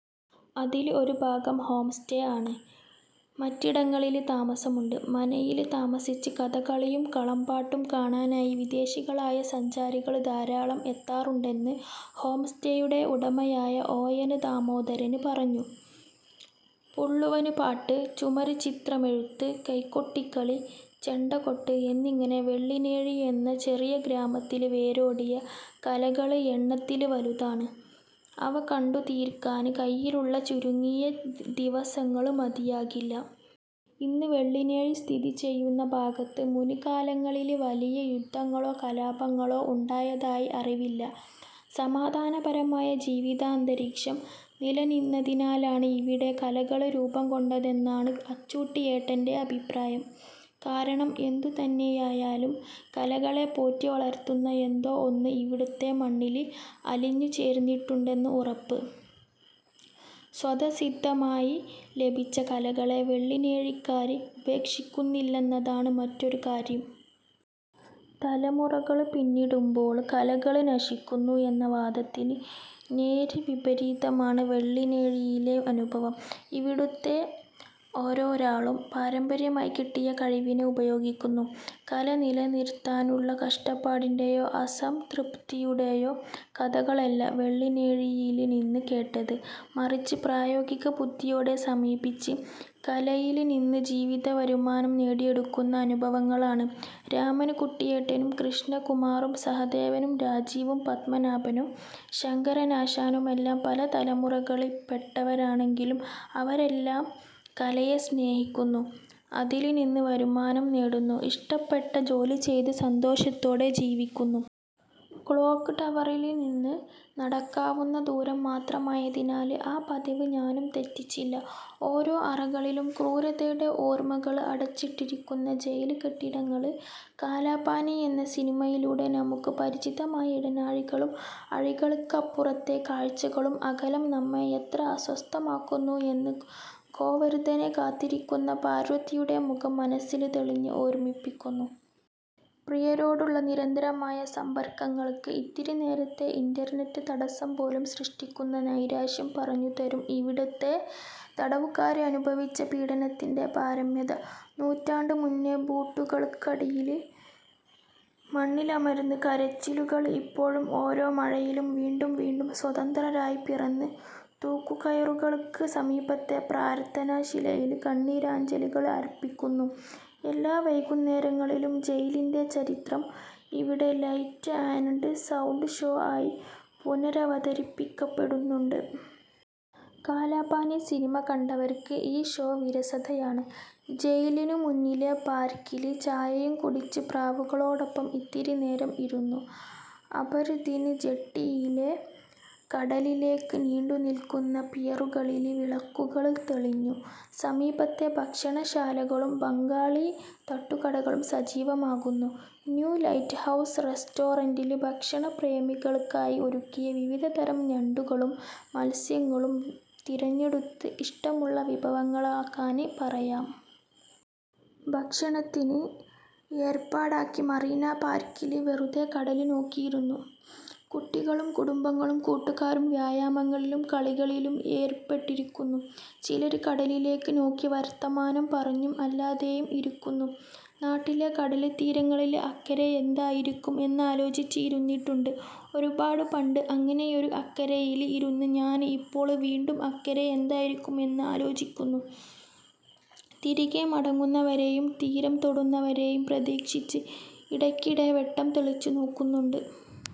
അതില് ഒരു ഭാഗം ഹോംസ്റ്റേ ആണ്. മറ്റിടങ്ങളില് താമസമുണ്ട്. മനയില് താമസിച്ച് കഥകളിയും കളംപാട്ടും കാണാനായി വിദേശികളായ സഞ്ചാരികള് ധാരാളം എത്താറുണ്ടെന്ന് ഹോംസ്റ്റേയുടെ ഉടമയായ ഒ. എന്. ദാമോദരന് പറഞ്ഞു. പുള്ളുവന്പാട്ട്, ചുമര്ച്ചിത്രമെഴുത്ത്, കൈകൊട്ടിക്കളി, ചെണ്ടകൊട്ട് എന്നിങ്ങനെ വെള്ളിനേഴിയെന്ന ചെറിയ ഗ്രാമത്തില് വേരോടിയ കലകള് എണ്ണത്തില് വലുതാണ്. അവ കണ്ടുതീര്ക്കാന് കയ്യിലുള്ള ചുരുങ്ങിയ ദിവസങ്ങള് മതിയാകില്ല. ഇന്ന് വെള്ളിനേഴി സ്ഥിതിചെയ്യുന്ന ഭാഗത്ത് മുന്കാലങ്ങളില് വലിയ യുദ്ധങ്ങളോ കലാപങ്ങളോ ഉണ്ടായതായി അറിവില്ല. സമാധാനപരമായ ജീവിതഅന്തരീക്ഷം നിലനിന്നതിനാലാണ് ഇവിടെ കലകള് രൂപംകൊണ്ടതെന്നാണ് അച്ചൂട്ടിയേട്ടന്റെ അഭിപ്രായം. കാരണം എന്തുതന്നെയായാലും കലകളെ പോറ്റിവളര്ത്തുന്ന എന്തോ ഒന്ന് ഇവിടുത്തെ മണ്ണില് അലിഞ്ഞുചേര്ന്നിട്ടുണ്ടെന്ന് ഉറപ്പ്. സ്വതസിദ്ധമായി ലഭിച്ച കലകളെ വെളളിനേഴിക്കാര് ഉപേക്ഷിക്കുന്നില്ലെന്നതാണ് മറ്റൊരു കാര്യം. തലമുറകള് പിന്നിടുമ്പോള് കലകള് നശിക്കുന്നു എന്ന വാദത്തിന് നേര്വിപരീതമാണ് വെള്ളിനേഴിയിലെ അനുഭവം. ഇവിടുത്തെ ഓരോരാളും പാരമ്പര്യമായി കിട്ടിയ കഴിവിനെ ഉപയോഗിക്കുന്നു. കല നിലനിര്ത്താനുള്ള കഷ്ടപ്പാടിന്റെയോ അസംതൃപ്തിയുടെയോ കഥകളല്ല വെള്ളിനേഴിയില്നിന്ന് കേട്ടത്. മറിച്ച് പ്രായോഗികബുദ്ധിയോടെ സമീപിച്ച് കലയില്നിന്ന് ജീവിതവരുമാനം നേടിയെടുക്കുന്ന അനുഭവങ്ങളാണ്. രാമന്കുട്ടിയേട്ടനും കൃഷ്ണകുമാറും സഹദേവനും രാജീവും പത്മനാഭനും ശങ്കരനാശാനുമെല്ലാം പലതലമുറകളിപ്പെട്ടവരാണെങ്കിലും അവരെല്ലാം കലയെ സ്നേഹിക്കുന്നു, അതില്നിന്ന് വരുമാനം നേടുന്നു, ഇഷ്ടപ്പെട്ട ജോലി ചെയ്ത് സന്തോഷത്തോടെ ജീവിക്കുന്നു. ക്ലോക്ക് ടവറില്നിന്ന് നടക്കാവുന്ന ദൂരം മാത്രമായതിനാല് ആ പതിവ് ഞാനും തെറ്റിച്ചില്ല. ഓരോ അറകളിലും ക്രൂരതയുടെ ഓര്മകള് അടച്ചിട്ടിരിക്കുന്ന ജയില്കെട്ടിടങ്ങള്. കാലാപാനി എന്ന സിനിമയിലൂടെ നമുക്ക് പരിചിതമായ ഇടനാഴികളും അഴികള്ക്കപ്പുറത്തെ കാഴ്ചകളും. അകലം നമ്മെ എത്ര അസ്വസ്ഥമാക്കുന്നു എന്ന് ഗോവര്ധനെ കാത്തിരിക്കുന്ന പാര്വതിയുടെ മുഖം മനസ്സില് തെളിഞ്ഞ് ഓര്മിപ്പിക്കുന്നു. പ്രിയരോടുള്ള നിരന്തരമായ സമ്പര്ക്കങ്ങള്ക്ക് ഇത്തിരിനേരത്തെ ഇന്റര്നെറ്റ് തടസ്സംപോലും സൃഷ്ടിക്കുന്ന നൈരാശ്യം പറഞ്ഞുതരും ഇവിടുത്തെ തടവുകാര് അനുഭവിച്ച പീഡനത്തിന്റെ പാരമ്യത. നൂറ്റാണ്ട് മുന്നെ ബൂട്ടുകള്ക്കടിയില് മണ്ണിലമര്ന്ന കരച്ചിലുകള് ഇപ്പോഴും ഓരോ മഴയിലും വീണ്ടും വീണ്ടും സ്വതന്ത്രരായി പിറന്ന്, തൂക്കുകയറുകള്ക്ക് സമീപത്തെ പ്രാര്ഥനാശിലയില് കണ്ണീരഞ്ജലികള് അര്പ്പിക്കുന്നു. എല്ലാ വൈകുന്നേരങ്ങളിലും ജയിലിന്റെ ചരിത്രം ഇവിടെ ലൈറ്റ് ആന്ഡ് സൗണ്ട് ഷോ ആയി പുനരവതരിക്കപ്പെടുന്നുണ്ട്. കാലാപാനി സിനിമ കണ്ടവര്ക്ക് ഈ ഷോ വിരസതയാണ്. ജയിലിനു മുന്നിലെ പാര്ക്കില് ചായയും കുടിച്ച് പ്രാവുകളോടൊപ്പം ഇത്തിരിനേരം ഇരുന്നു. അബര്ദിന് ജെട്ടിയിലെ കടലിലേക്ക് നീണ്ടുനില്ക്കുന്ന പിയറുകളില് വിളക്കുകള് തെളിഞ്ഞു. സമീപത്തെ ഭക്ഷണശാലകളും ബംഗാളി തട്ടുകടകളും സജീവമാകുന്നു. 'ന്യൂ ലൈറ്റ്ഹൗസ് റെസ്റ്റോറന്റില്' ഭക്ഷണപ്രേമികള്ക്കായി ഒരുക്കിയ വിവിധതരം ഞണ്ടുകളും മത്സ്യങ്ങളും തിരഞ്ഞെടുത്ത് ഇഷ്ടമുള്ള വിഭവങ്ങളാക്കാന് പറയാം. ഭക്ഷണത്തിന് ഏര്പ്പാടാക്കി മറീന പാര്ക്കില് വെറുതെ കടല് നോക്കിയിരുന്നു. കുട്ടികളും കുടുംബങ്ങളും കൂട്ടുകാരും വ്യായാമങ്ങളിലും കളികളിലും ഏര്പ്പെട്ടിരിക്കുന്നു. ചിലര് കടലിലേക്ക് നോക്കി വര്ത്തമാനം പറഞ്ഞും അല്ലാതെയും ഇരിക്കുന്നു. നാട്ടിലെ കടല്ത്തീരങ്ങളില് അക്കരെയെന്തായിരിക്കും എന്നാലോചിച്ച് ഇരുന്നിട്ടുണ്ട് ഒരുപാട് പണ്ട്. അങ്ങനെയൊരു അക്കരെയില് ഇരുന്നു ഞാന് ഇപ്പോള് വീണ്ടും അക്കരെ എന്തായിരിക്കും എന്നാലോചിക്കുന്നു. തിരികെ മടങ്ങുന്നവരെയും തീരം തേടുന്നവരെയും പ്രതീക്ഷിച്ച്, ഇടയ്ക്കിടെ വെട്ടം തെളിച്ചുനോക്കുന്നുണ്ട്